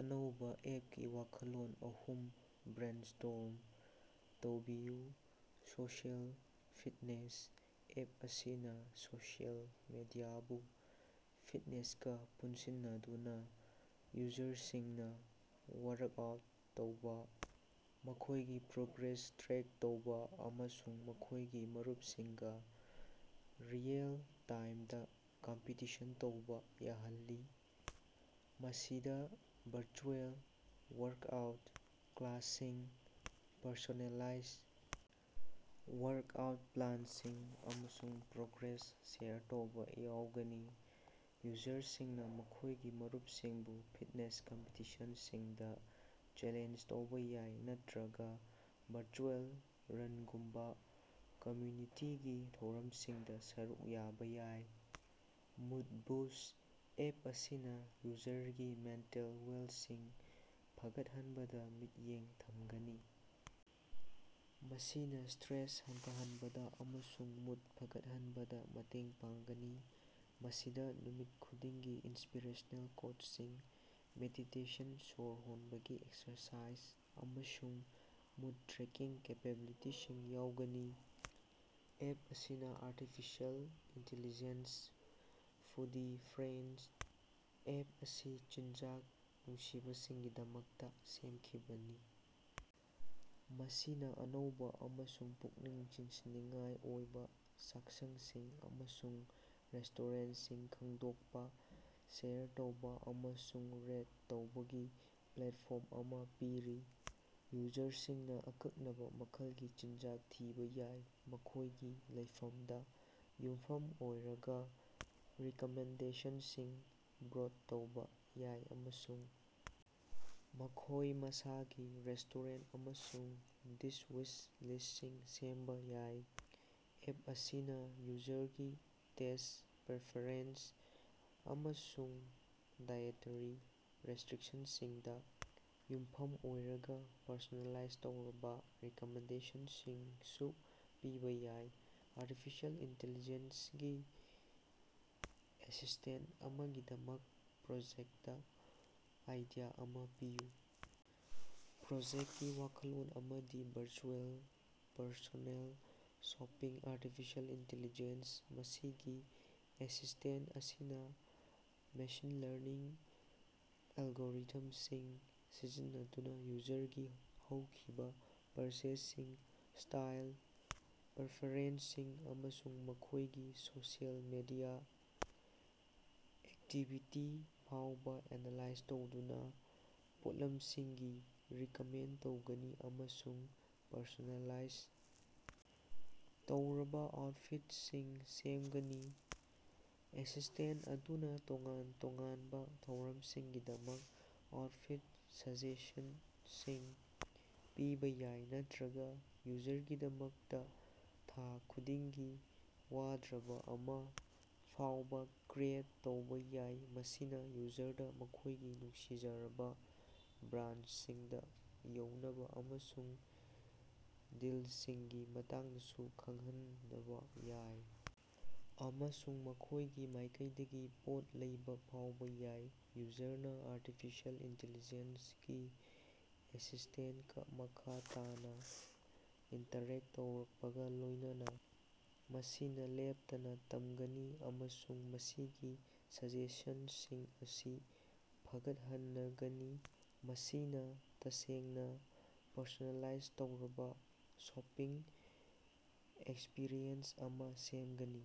ꯑꯅꯧꯕꯥ ꯑꯦꯞꯀꯤ ꯋꯥꯈꯜꯂꯣꯟ ꯑꯍꯨꯝ ꯕ꯭ꯔꯦꯟꯁ꯭ꯇꯣꯔꯝ ꯇꯧꯕꯤꯌꯨ꯫ ꯁꯣꯁꯤꯑꯦꯜ ꯐꯤꯠꯅꯦꯁ: ꯑꯦꯞ ꯑꯁꯤꯅ ꯁꯣꯁꯤꯑꯦꯜ ꯃꯤꯗꯤꯌꯥꯕꯨ ꯐꯤꯠꯅꯦꯁꯀꯥ ꯄꯨꯟꯁꯤꯟꯅꯗꯨꯅ ꯌꯨꯖꯔꯁꯤꯡꯅ ꯋꯥꯔꯛꯑꯥꯎꯠ ꯇꯧꯕ, ꯃꯈꯣꯏꯒꯤ ꯄ꯭ꯔꯣꯒ꯭ꯔꯦꯁ ꯇ꯭ꯔꯦꯛ ꯇꯧꯕ ꯑꯃꯁꯨꯡ ꯃꯈꯣꯏꯒꯤ ꯃꯔꯨꯞꯁꯤꯡꯒ ꯔꯤꯑꯦꯜ-ꯇꯥꯏꯝꯗꯥ ꯀꯝꯄꯤꯇꯤꯁꯟ ꯇꯧꯕ ꯌꯥꯍꯜꯂꯤ꯫ ꯃꯁꯤꯗ ꯚꯔꯆꯨꯑꯦꯜ ꯋꯥꯔꯛꯑꯥꯎꯠ ꯀ꯭ꯂꯥꯁꯁꯤꯡ, ꯄꯔꯁꯣꯅꯦꯂꯥꯏꯖ ꯋꯥꯔꯛꯑꯥꯎꯠ ꯄ꯭ꯂꯥꯟꯁꯤꯡ, ꯑꯃꯁꯨꯡ ꯄ꯭ꯔꯣꯒ꯭ꯔꯦꯁ ꯁꯦꯌꯔ ꯇꯧꯕ ꯌꯥꯎꯒꯅꯤ꯫ ꯌꯨꯖꯔꯁꯤꯡꯅ ꯃꯈꯣꯏꯒꯤ ꯃꯔꯨꯞꯁꯤꯡꯕꯨ ꯐꯤꯠꯅꯦꯁ ꯀꯝꯄꯤꯇꯤꯁꯟꯁꯤꯡꯗꯥ ꯆꯦꯂꯦꯟꯖ ꯇꯧꯕ ꯌꯥꯏ ꯅꯠꯇ꯭ꯔꯒ ꯚꯔꯆꯨꯑꯦꯜ ꯔꯟꯒꯨꯝꯕꯥ ꯀꯝꯃꯌꯨꯅꯤꯇꯤꯒꯤ ꯊꯧꯔꯝꯁꯤꯡꯗ ꯁꯔꯨꯛ ꯌꯥꯕ ꯌꯥꯏ꯫ ꯃꯨꯠ ꯕꯨꯁ: ꯑꯦꯞ ꯑꯁꯤꯅ ꯌꯨꯖꯔꯒꯤ ꯃꯦꯟꯇꯦꯜ ꯋꯦꯜꯁꯤꯡ ꯐꯒꯠꯍꯟꯕꯗ ꯃꯤꯠꯌꯦꯡ ꯊꯝꯒꯅꯤ, ꯃꯁꯤꯅ ꯁꯇ꯭ꯔꯦꯁ ꯍꯟꯊꯍꯟꯕꯗ ꯑꯃꯁꯨꯡ ꯃꯨꯠ ꯐꯒꯠꯍꯟꯕꯗ ꯃꯇꯦꯡ ꯄꯥꯡꯒꯅꯤ꯫ ꯃꯁꯤꯗ ꯅꯨꯃꯤꯠ ꯈꯨꯗꯤꯡꯒꯤ ꯏꯟꯁꯄꯤꯔꯦꯁꯅꯦꯜ ꯀꯣꯠꯁꯤꯡ, ꯃꯦꯗꯤꯇꯦꯁꯟ, ꯁꯣꯔ ꯍꯣꯟꯕꯒꯤ ꯑꯦꯛꯁꯔꯁꯥꯏꯖ, ꯑꯃꯁꯨꯡ ꯃꯨꯠ ꯇ꯭ꯔꯦꯀꯤꯡ ꯀꯦꯄꯦꯕꯤꯂꯤꯇꯤꯁꯤꯡ ꯌꯥꯎꯒꯅꯤ꯫ ꯑꯦꯞ ꯑꯁꯤꯅ artificial intelligence foodie friend: app ꯑꯁꯤ ꯆꯤꯟꯖꯥꯛ ꯅꯨꯡꯁꯤꯕꯁꯤꯡꯒꯤꯗꯃꯛꯇ ꯁꯦꯝꯈꯤꯕꯅꯤ, ꯃꯁꯤꯅ ꯑꯅꯧꯕ ꯑꯃꯁꯨꯡ ꯄꯨꯛꯅꯤꯡ ꯆꯤꯡꯁꯤꯟꯅꯤꯡꯉꯥꯏ ꯑꯣꯏꯕ ꯆꯥꯛꯁꯪꯁꯤꯡ ꯑꯃꯁꯨꯡ ꯔꯦꯁꯇꯣꯔꯦꯟꯁꯤꯡ ꯈꯪꯗꯣꯛꯄ, ꯁꯦꯌꯔ ꯇꯧꯕ ꯑꯃꯁꯨꯡ ꯔꯦꯠ ꯇꯧꯕꯒꯤ ꯄ꯭ꯂꯦꯠꯐꯣꯔꯝ ꯑꯃ ꯄꯤꯔꯤ꯫ ꯌꯨꯖꯔꯁꯤꯡꯅ ꯑꯀꯛꯅꯕ ꯃꯈꯜꯒꯤ ꯆꯤꯟꯖꯥꯛ ꯊꯤꯕ ꯌꯥꯏ, ꯃꯈꯣꯏꯒꯤ ꯂꯩꯐꯝꯗ ꯌꯨꯝꯐꯝ ꯑꯣꯏꯔꯒ ꯔꯤꯀꯃꯦꯟꯗꯦꯁꯟꯁꯤꯡ ꯕ꯭ꯔꯣꯠ ꯇꯧꯕ ꯌꯥꯏ ꯑꯃꯁꯨꯡ ꯃꯈꯣꯏ ꯃꯁꯥꯒꯤ ꯔꯦꯁꯇꯣꯔꯦꯟ ꯑꯃꯁꯨꯡ ꯗꯤꯁ ꯋꯤꯁ ꯂꯤꯁꯁꯤꯡ ꯁꯦꯝꯕ ꯌꯥꯏ꯫ ꯑꯦꯞ ꯑꯁꯤꯅ ꯌꯨꯖꯔꯒꯤ ꯇꯦꯁ ꯄꯔꯐꯦꯔꯦꯟꯁ ꯑꯃꯁꯨꯡ ꯗꯥꯏꯑꯦꯇꯔꯤ ꯔꯦꯁꯇ꯭ꯔꯤꯛꯁꯟꯁꯤꯡꯗ ꯌꯨꯝꯐꯝ ꯑꯣꯏꯔꯒ ꯄꯔꯁꯣꯅꯦꯂꯥꯏꯖ ꯇꯧꯔꯕ ꯔꯤꯀꯃꯦꯟꯗꯦꯁꯟꯁꯤꯡꯁꯨ ꯄꯤꯕ ꯌꯥꯏ꯫ ꯑꯔꯇꯤꯐꯤꯁꯦꯜ ꯏꯟꯇꯤꯂꯤꯖꯦꯟꯁ ꯒꯤ ꯑꯦꯁꯤꯁꯇꯦꯟ ꯑꯃꯒꯤꯗꯃꯛ ꯄ꯭ꯔꯣꯖꯦꯛꯇ ꯑꯥꯏꯗꯤꯌꯥ ꯑꯃ ꯄꯤꯌꯨ꯫ ꯄ꯭ꯔꯣꯖꯦꯛꯀꯤ ꯋꯥꯈꯜꯂꯣꯟ ꯑꯃꯗꯤ virtual personal shopping artificial intelligence ꯃꯁꯤꯒꯤ ꯑꯦꯁꯤꯁꯇꯦꯟ ꯑꯁꯤꯅ ꯃꯦꯁꯤꯟ ꯂꯔꯅꯤꯡ ꯑꯦꯜꯒꯣꯔꯤꯊꯝꯁꯤꯡ ꯁꯤꯖꯤꯟꯅꯗꯨꯅ ꯌꯨꯖꯔꯒꯤ ꯍꯧꯈꯤꯕ ꯄꯔꯆꯦꯖꯁꯤꯡ, ꯁ꯭ꯇꯥꯏꯜ ꯄꯔꯐꯦꯔꯦꯟꯁꯁꯤꯡ, ꯑꯃꯁꯨꯡ ꯃꯈꯣꯏꯒꯤ ꯁꯣꯁꯤꯑꯦꯜ ꯃꯤꯗꯤꯌꯥ ꯑꯦꯛꯇꯤꯚꯤꯇꯤ ꯐꯥꯎꯕ ꯑꯦꯅꯥꯂꯥꯏꯖ ꯇꯧꯗꯨꯅ ꯄꯣꯠꯂꯝꯁꯤꯡꯒꯤ ꯔꯤꯀꯃꯦꯟ ꯇꯧꯒꯅꯤ ꯑꯃꯁꯨꯡ ꯄꯔꯁꯣꯅꯦꯂꯥꯏꯖ ꯇꯧꯔꯕꯥ ꯑꯥꯎꯠꯐꯤꯠꯁꯤꯡ ꯁꯦꯝꯒꯅꯤ꯫ ꯑꯦꯁꯤꯁꯇꯦꯟ ꯑꯗꯨꯅ ꯇꯣꯉꯥꯟ ꯇꯣꯉꯥꯟꯕ ꯊꯧꯔꯝꯁꯤꯡꯒꯤꯗꯃꯛ ꯑꯥꯎꯠꯐꯤꯠ ꯁꯖꯦꯁꯟꯁꯤꯡ ꯄꯤꯕ ꯌꯥꯏ ꯅꯠꯇ꯭ꯔꯒ ꯌꯨꯖꯔꯒꯤꯗꯃꯛꯇ ꯊꯥ ꯈꯨꯗꯤꯡꯒꯤ ꯋꯥꯗ꯭ꯔꯕ ꯑꯃ ꯐꯥꯎꯕ ꯀ꯭ꯔꯤꯌꯦꯠ ꯇꯧꯕ ꯌꯥꯏ꯫ ꯃꯁꯤꯅ ꯌꯨꯖꯔꯗꯥ ꯃꯈꯣꯏꯒꯤ ꯅꯨꯡꯁꯤꯖꯔꯕꯥ ꯕ꯭ꯔꯥꯟꯗꯁꯤꯡꯗ ꯌꯧꯅꯕ ꯑꯃꯁꯨꯡ ꯗꯤꯜꯁꯤꯡꯒꯤ ꯃꯇꯥꯡꯗꯁꯨ ꯈꯪꯍꯟꯅꯕ ꯌꯥꯏ, ꯑꯃꯁꯨꯡ ꯃꯈꯣꯏꯒꯤ ꯃꯥꯏꯀꯩꯗꯒꯤ ꯄꯣꯠ ꯂꯩꯕ ꯐꯥꯎꯕ ꯌꯥꯏ꯫ ꯌꯨꯖꯔꯅꯥ ꯑꯔꯇꯤꯐꯤꯁꯦꯜ ꯏꯟꯇꯤꯂꯤꯖꯦꯟꯁꯒꯤ ꯑꯦꯁꯤꯁꯇꯦꯟꯀꯥ ꯃꯈꯥ ꯇꯥꯅ ꯏꯟꯇꯔꯦꯛ ꯇꯧꯔꯛꯄꯒ ꯂꯣꯏꯅꯅ, ꯃꯁꯤꯅ ꯂꯦꯞꯇꯅ ꯇꯝꯒꯅꯤ ꯑꯃꯁꯨꯡ ꯃꯁꯤꯒꯤ ꯁꯖꯦꯁꯟꯁꯤꯡ ꯑꯁꯤ ꯐꯒꯠꯍꯟꯅꯒꯅꯤ, ꯃꯁꯤꯅ ꯇꯁꯦꯡꯅ ꯄꯔꯁꯣꯅꯦꯂꯥꯏꯖ ꯇꯧꯔꯕ ꯁꯣꯄꯤꯡ ꯑꯦꯛꯁꯄꯤꯔꯤꯑꯦꯟꯁ ꯑꯃ ꯁꯦꯝꯒꯅꯤ꯫